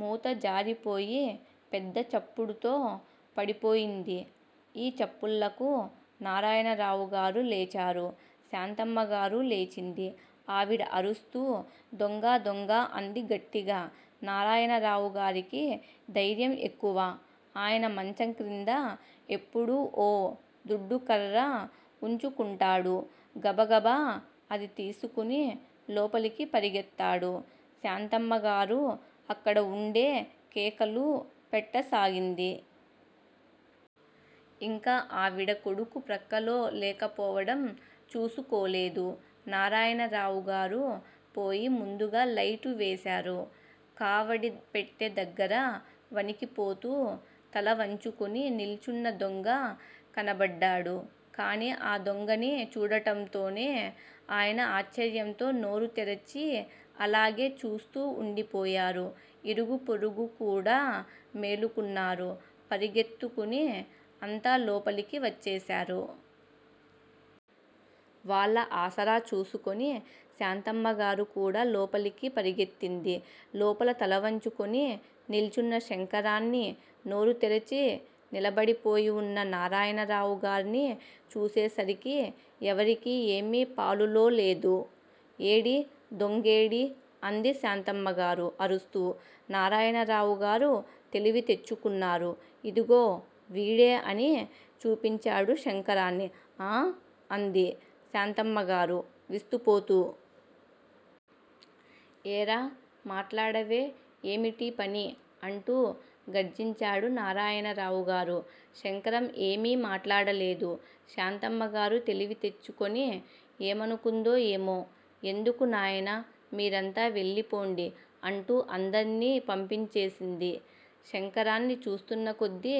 మూత జారిపోయి పెద్దచప్పుడుతో పడిపోయింది. ఈ చప్పుళ్ళకు నారాయణరావుగారు లేచారు. శాంతమ్మగారు లేచింది. ఆవిడ అరుస్తూ దొంగ దొంగ అంది గట్టిగా. నారాయణరావుగారికి ధైర్యం ఎక్కువ. ఆయన మంచంక్రింద ఎప్పుడూ ఓ దుడ్డుకర్ర వుంచుకుంటాడు. గబగబ అది తీసుకుని లోపలికి పరుగెత్తాడు. శాంతమ్మగారు అక్కడ వుండే కేకలు పెట్టసాగింది. ఇంకా ఆవిడ కొడుకు ప్రక్కలో లేకపోవటం చూసుకోలేదు. నారాయణరావుగారు పోయి ముందుగా లైటు వేశారు. కావడిపెట్టె దగ్గర వణికిపోతూ తలవంచుకుని నిల్చున్న దొంగ కనబడ్డాడు. కాని ఆ దొంగని చూడటంతోనే ఆయన ఆశ్చర్యంతో నోరుతెరిచి అలాగే చూస్తూ వుండిపోయారు. ఇరుగు పొరుగుకూడా మేలుకున్నారు. పరుగెత్తుకుని అంతా లోపలికి వచ్చేశారు. వాళ్ళ ఆసరా చూసుకుని శాంతమ్మగారుకూడా లోపలికి పరుగెత్తింది. లోపల తలవంచుకుని నిల్చున్న శంకరాన్ని, నోరుతెరచి నిలబడిపోయి వున్న నారాయణరావుగార్నీ చూసేసరికి ఎవరికీ ఏమీ పాలులోలేదు. ఏడీ దొంగేడీ? అంది శాంతమ్మగారు అరుస్తూ నారాయణరావుగారు తెలివి తెచ్చుకున్నారు. ఇదిగో వీడే అని చూపించాడు శంకరాన్ని ఆఁ అంది శాంతమ్మగారు విస్తుపోతూ. ఏరా మాట్లాడవే? ఏమిటీ పని? అంటూ గర్జించాడు నారాయణరావు గారు. శంకరం ఏమీ మాట్లాడలేదు. శాంతమ్మగారు తెలివితెచ్చుకొని ఏమనుకుందో ఏమో ఎందుకు నాయనా మీరంతా వెళ్ళిపొండి అంటూ అందర్నీ పంపించేసింది. శంకరాన్ని చూస్తున్నకొద్దీ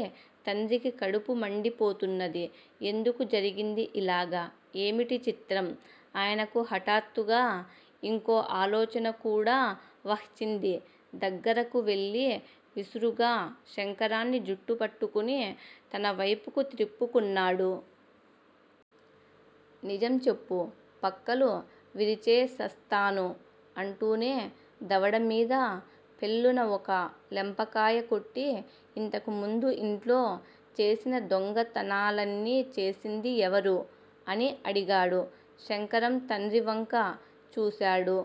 తండ్రికి కడుపు మండిపోతున్నది. ఎందుకు జరిగింది యిలాగ? ఏమిటీ చిత్రం? ఆయనకు హఠాత్తుగా యింకో ఆలోచనకూడా వహ్చింది దగ్గరకు వెళ్ళి విసురుగా శంకరాన్ని జుట్టుపట్టుకుని తనవైపుకు త్రిప్పుకున్నాడు. నిజం చెప్పు పక్కలు విరిచేసస్తాను అంటూనే దవడమీద ఫెళ్ళున ఒక లెంపకాయ కొట్టి ఇంతకుముందు యింట్లో చేసిన దొంగతనాలన్నీ చేసింది ఎవరు? అని అడిగాడు. శంకరం తండ్రివంక చూశాడు.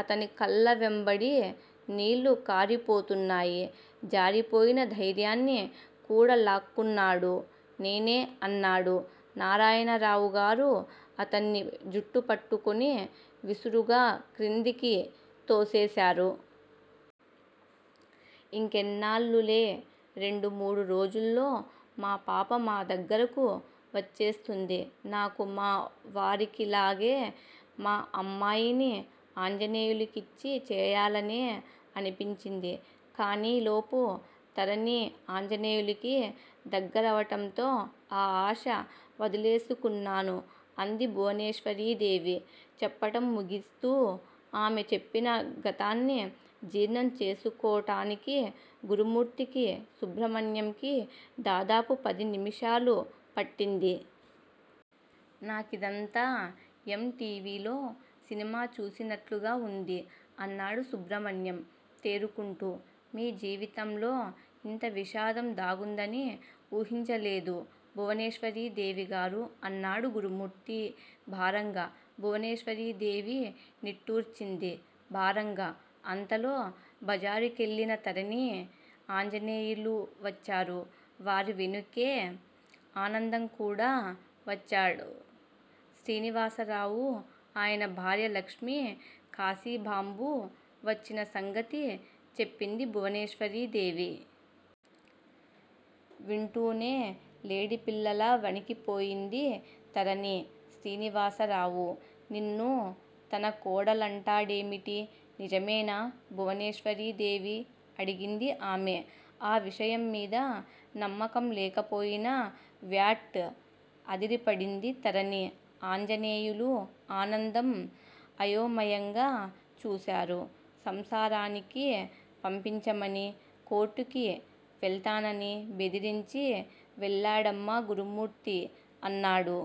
అతని కళ్ళవెంబడి నీళ్ళు కారిపోతున్నాయి. జారిపోయిన ధైర్యాన్ని కూడలాక్కున్నాడు. నేనే అన్నాడు నారాయణరావుగారు అతన్ని జుట్టుపట్టుకుని విసురుగా క్రిందికి తోసేశారు. ఇంకెన్నాళ్ళులే రెండు మూడు రోజుల్లో మా పాప మా దగ్గరకు వచ్చేస్తుంది. నాకూ మా వారికిలాగే మా అమ్మాయిని ఆంజనేయులికిచ్చి చేయాలనే అనిపించింది. కానీలోపు తరణి ఆంజనేయులికి దగ్గరవటంతో ఆ ఆశ వదిలేసుకున్నాను అంది భువనేశ్వరీదేవి చెప్పటం ముగిస్తూ. ఆమె చెప్పిన గతాన్ని జీర్ణం చేసుకోటానికి గురుమూర్తికి, సుబ్రమణ్యంకి దాదాపు పది నిమిషాలు పట్టింది. నాకిదంతా ఎమ్ టీవిలో సినిమా చూసినట్లుగా ఉంది అన్నాడు సుబ్రమణ్యం తేరుకుంటూ. మీ జీవితంలో ఇంత విషాదం దాగుందని ఊహించలేదు భువనేశ్వరీదేవిగారు అన్నాడు గురుమూర్తి భారంగా. భువనేశ్వరీదేవి నిట్టూర్చింది భారంగా. అంతలో బజారుకెళ్ళిన తరణి, ఆంజనేయులు వచ్చారు. వారి వెనుకే ఆనందం కూడా వచ్చాడు. శ్రీనివాసరావు, ఆయన భార్య లక్ష్మి, కాశీబాంబు వచ్చిన సంగతి చెప్పింది భువనేశ్వరీదేవి. వింటూనే లేడిపిల్లలా వణికిపోయింది తరణి. శ్రీనివాసరావు నిన్ను తన కోడలంటాడేమిటి? నిజమేనా? భువనేశ్వరీ దేవి అడిగింది ఆమె ఆ విషయం మీద నమ్మకం లేకపోయినా. వ్వాట్?! అదిరిపడింది తరణి. ఆంజనేయులు, ఆనందం అయోమయంగా చూశారు. సంసారానికి పంపించమని కోర్టుకి వెళ్తానని బెదిరించి వెళ్ళాడమ్మా గురుమూర్తి అన్నాడు.